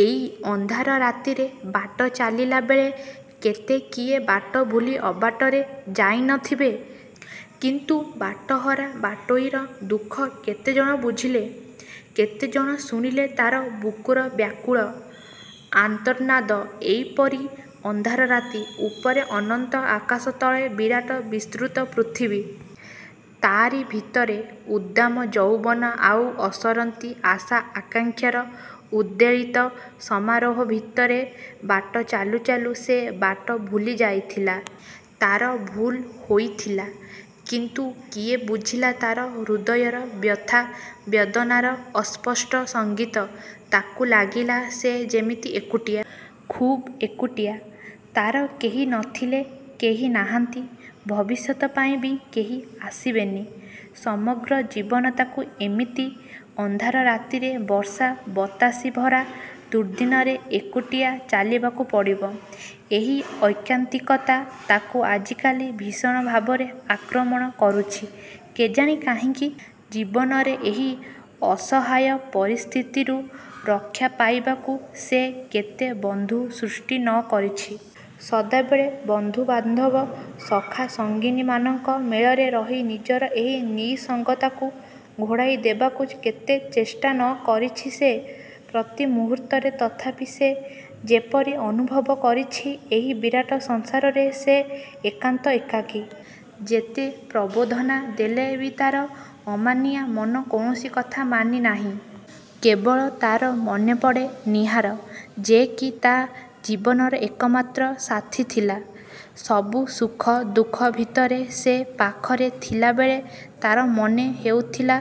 ଏଇ ଅନ୍ଧାର ରାତିରେ ବାଟ ଚାଲିଲା ବେଳେ କେତେ କିଏ ବାଟ ଭୁଲି ଅବାଟରେ ଯାଇନଥିବେ। କିନ୍ତୁ ବାଟହରା ବାଟୋଇର ଦୁଃଖ କେତେଜଣ ବୁଝିଲେ? କେତେଜଣ ଶୁଣିଲେ ତା'ର ବୁକୁର ବ୍ୟାକୁଳ। ଆର୍ତ୍ତନାଦ। ଏଇପରି ଅନ୍ଧାର ରାତି; ଉପରେ ଅନନ୍ତ ଆକାଶ ତଳେ ବିରାଟ ବିସ୍ତୃତ ପୃଥିବୀ। ତାରି ଭିତରେ ଉଦ୍ଦାମ ଯୌବନ ଆଉ ଅସରନ୍ତି ଆଶା ଆକାଂକ୍ଷାର ଉଦ୍ବେଳିତ ସମାରୋହ ଭିତରେ ବାଟ ଚାଲୁ ଚାଲୁ ସେ ବାଟ ଭୁଲି ଯାଇଥିଲା। ତା'ର ଭୁଲ୍ ହୋଇଥିଲା। କିନ୍ତୁ କିଏ ବୁଝିଲା ତା'ର ହୃଦୟର ବ୍ୟଥା-ବେଦନାର ଅସ୍ପଷ୍ଟ ସଙ୍ଗୀତ। ତାକୁ ଲାଗିଲା ସେ ଯେମିତି ଏକୁଟିଆ। ଖୁବ୍ ଏକୁଟିଆ। ତା'ର କେହି ନଥିଲେ-କେହି ନାହାନ୍ତି; ଭବିଷ୍ୟତ ପାଇଁ ବି କେହି ଆସିବେନି। ସମଗ୍ର ଜୀବନ ତାକୁ ଏମିତି ଅନ୍ଧାର ରାତିରେ, ବର୍ଷା-ବତାସିଭରା ଦୁର୍ଦ୍ଦିନରେ ଏକୁଟିଆ ଚାଲିବାକୁ ପଡ଼ିବ। ଏହି ଐକାନ୍ତିକତା ତାକୁ ଆଜିକାଲି ଭୀଷଣ ଭାବରେ ଆକ୍ରମଣ କରୁଛି; କେଜାଣି କାହିଁକି? ଜୀବନରେ ଏହି ଅସହାୟ-ପରିସ୍ଥିତିରୁ ରକ୍ଷା ପାଇବାକୁ ସେ କେତେ ବନ୍ଧୁ ସୃଷ୍ଟି ନ କରିଛି। ସଦାବେଳେ ବନ୍ଧୁବାନ୍ଧବ ସଖା ସଙ୍ଗିନୀମାନଙ୍କ ମେଳରେ ରହି ନିଜର ଏହି ନିଃସଙ୍ଗତାକୁ ଘୋଡ଼ାଇ ଦେବାକୁ କେତେ ଚେଷ୍ଟା ନ କରିଛି ସେ? ପ୍ରତି ମୁହୂର୍ତ୍ତରେ ତଥାପି ସେ ଯେପରି ଅନୁଭବ କରିଛି ଏହି ବିରାଟ ସଂସାରରେ ସେ ଏକାନ୍ତ ଏକାକୀ। ଯେତେ ପ୍ରବୋଧନା ଦେଲେ ବି ତା'ର ଅମାନିଆଁ ମନ କୌଣସି କଥା ମାନି ନାହିଁ। କେବଳ ତା'ର ମନେପଡ଼େ ନୀହାର। ଯେ କି ତା' ଜୀବନର ଏକମାତ୍ର ସାଥୀ ଥିଲା। ସବୁ ସୁଖ ଦୁଃଖ ଭିତରେ ସେ ପାଖରେ ଥିଲାବେଳେ ତା'ର ମନେ ହେଉଥିଲା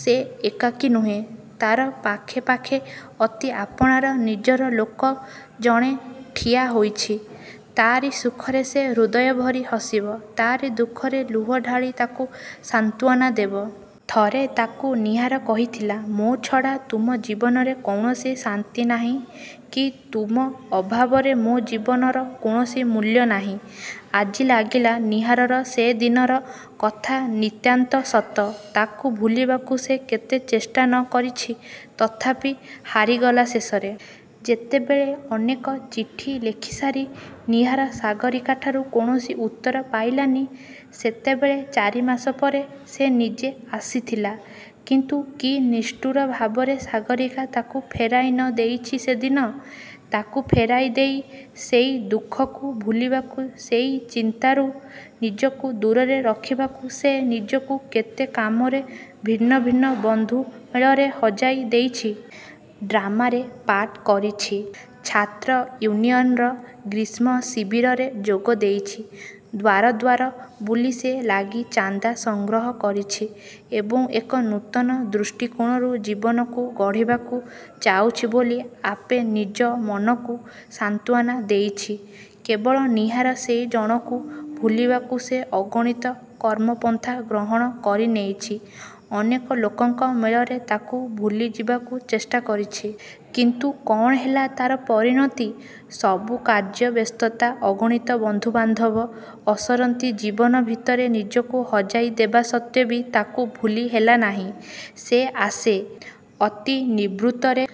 ସେ ଏକାକୀ ନୁହେଁ; ତା'ର ପାଖେପାଖେ ଅତି ଆପଣାର, ନିଜର ଲୋକ ଜଣେ ଠିଆହୋଇଛି। ତାରି ସୁଖରେ ସେ ହୃଦୟଭରି ହସିବ; ତାରି ଦୁଃଖରେ ଲୁହ ଢାଳି ତାକୁ ସାନ୍ତ୍ୱନା ଦେବ। ଥରେ ତାକୁ ନୀହାର କହିଥିଲା-''ମୋ ଛଡ଼ା ତୁମ ଜୀବନରେ କୌଣସି ଶାନ୍ତି ନାହିଁ-କି ତୁମ ଅଭାବରେ ମୋ ଜୀବନର କୌଣସି ମୂଲ୍ୟ ନାହିଁ। '' ଆଜି ଲାଗିଲା ନୀହାରର ସେଦିନର କଥା ନିତାନ୍ତ ସତ। ତାକୁ ଭୁଲିବାକୁ ସେ କେତେ ଚେଷ୍ଟା ନ କରିଛି। ତଥାପି ହାରିଗଲା ଶେଷରେ। ଯେତେବେଳେ ଅନେକ ଚିଠି ଲେଖିସାରି ନୀହାର ସାଗରୀକାଠାରୁ କୌଣସି ଉତ୍ତର ପାଇଲାନି; ସେତେବଳେ ଚାରି ମାସ ପରେ ସେ ନିଜେ ଆସିଥିଲା। କିନ୍ତୁ କି ନିଷ୍ଠୁର ଭାବରେ ସାଗରୀକା ତାକୁ ଫେରାଇ ନ ଦେଇଛି ସେଦିନ। ତାକୁ ଫେରାଇ ଦେଇ, ସେଇ ଦୁଃଖକୁ ଭୁଲିବାକୁ-ସେଇ ଚିନ୍ତାରୁ ନିଜକୁ ଦୂରରେ ରଖିବାକୁ ସେ ନିଜକୁ କେତେ କାମରେ, ଭିନ୍ନ ଭିନ୍ନ ବନ୍ଧୁ ମେଳରେ ହଜାଇ ଦେଇଛି। ଡ୍ରାମାରେ ପାର୍ଟ କରିଛି; ଛାତ୍ର-ୟୁନିଅନ୍ର ଗ୍ରୀଷ୍ମ-ଶିବିରରେ ଯୋଗ ଦେଇଛି-ଦ୍ୱାର ଦ୍ୱାର ବୁଲି ସେ ଲାଗି ଚାନ୍ଦା ସଂଗ୍ରହ କରିଛି; ଏବଂ ଏକ ନୂତନ ଦୃଷ୍ଟିକୋଣରୁ ଜୀବନକୁ ଗଢ଼ିବାକୁ ଯାଉଛି ବୋଲି ଆପେ ନିଜ ମନକୁ ସାନ୍ତ୍ୱନା ଦେଇଛି। କେବଳ ନୀହାର-ସେଇ ଜଣକୁ ଭୁଲିବାକୁ ସେ ଅଗଣିତ କର୍ମପନ୍ଥା ଗ୍ରହଣ କରିନେଇଛି-ଅନେକ ଲୋକଙ୍କ ମେଳରେ ତାକୁ ଭୁଲିଯିବାକୁ ଚେଷ୍ଟା କରିଛି। କିନ୍ତୁ କ'ଣ ହେଲା ତା'ର ପରିଣତି? ସବୁ କାର୍ଯ୍ୟ ବ୍ୟସ୍ତତା, ଅଗଣିତ ବନ୍ଧୁବାନ୍ଧବ, ଅସରନ୍ତି ଜୀବନ ଭିତରେ ନିଜକୁ ହଜାଇ ଦେବା ସତ୍ତ୍ୱେ ବି ତାକୁ ଭୁଲି ହେଲାନାହିଁ। ସେ ଆସେ। ଅତି ନିଭୃତରେ,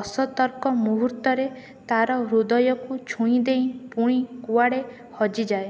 ଅସତର୍କ ମୁହୂର୍ତ୍ତରେ ତା'ର ହୃଦୟକୁ ଛୁଇଁଦେଇ ପୁଣି କୁଆଡ଼େ ହଜିଯାଏ।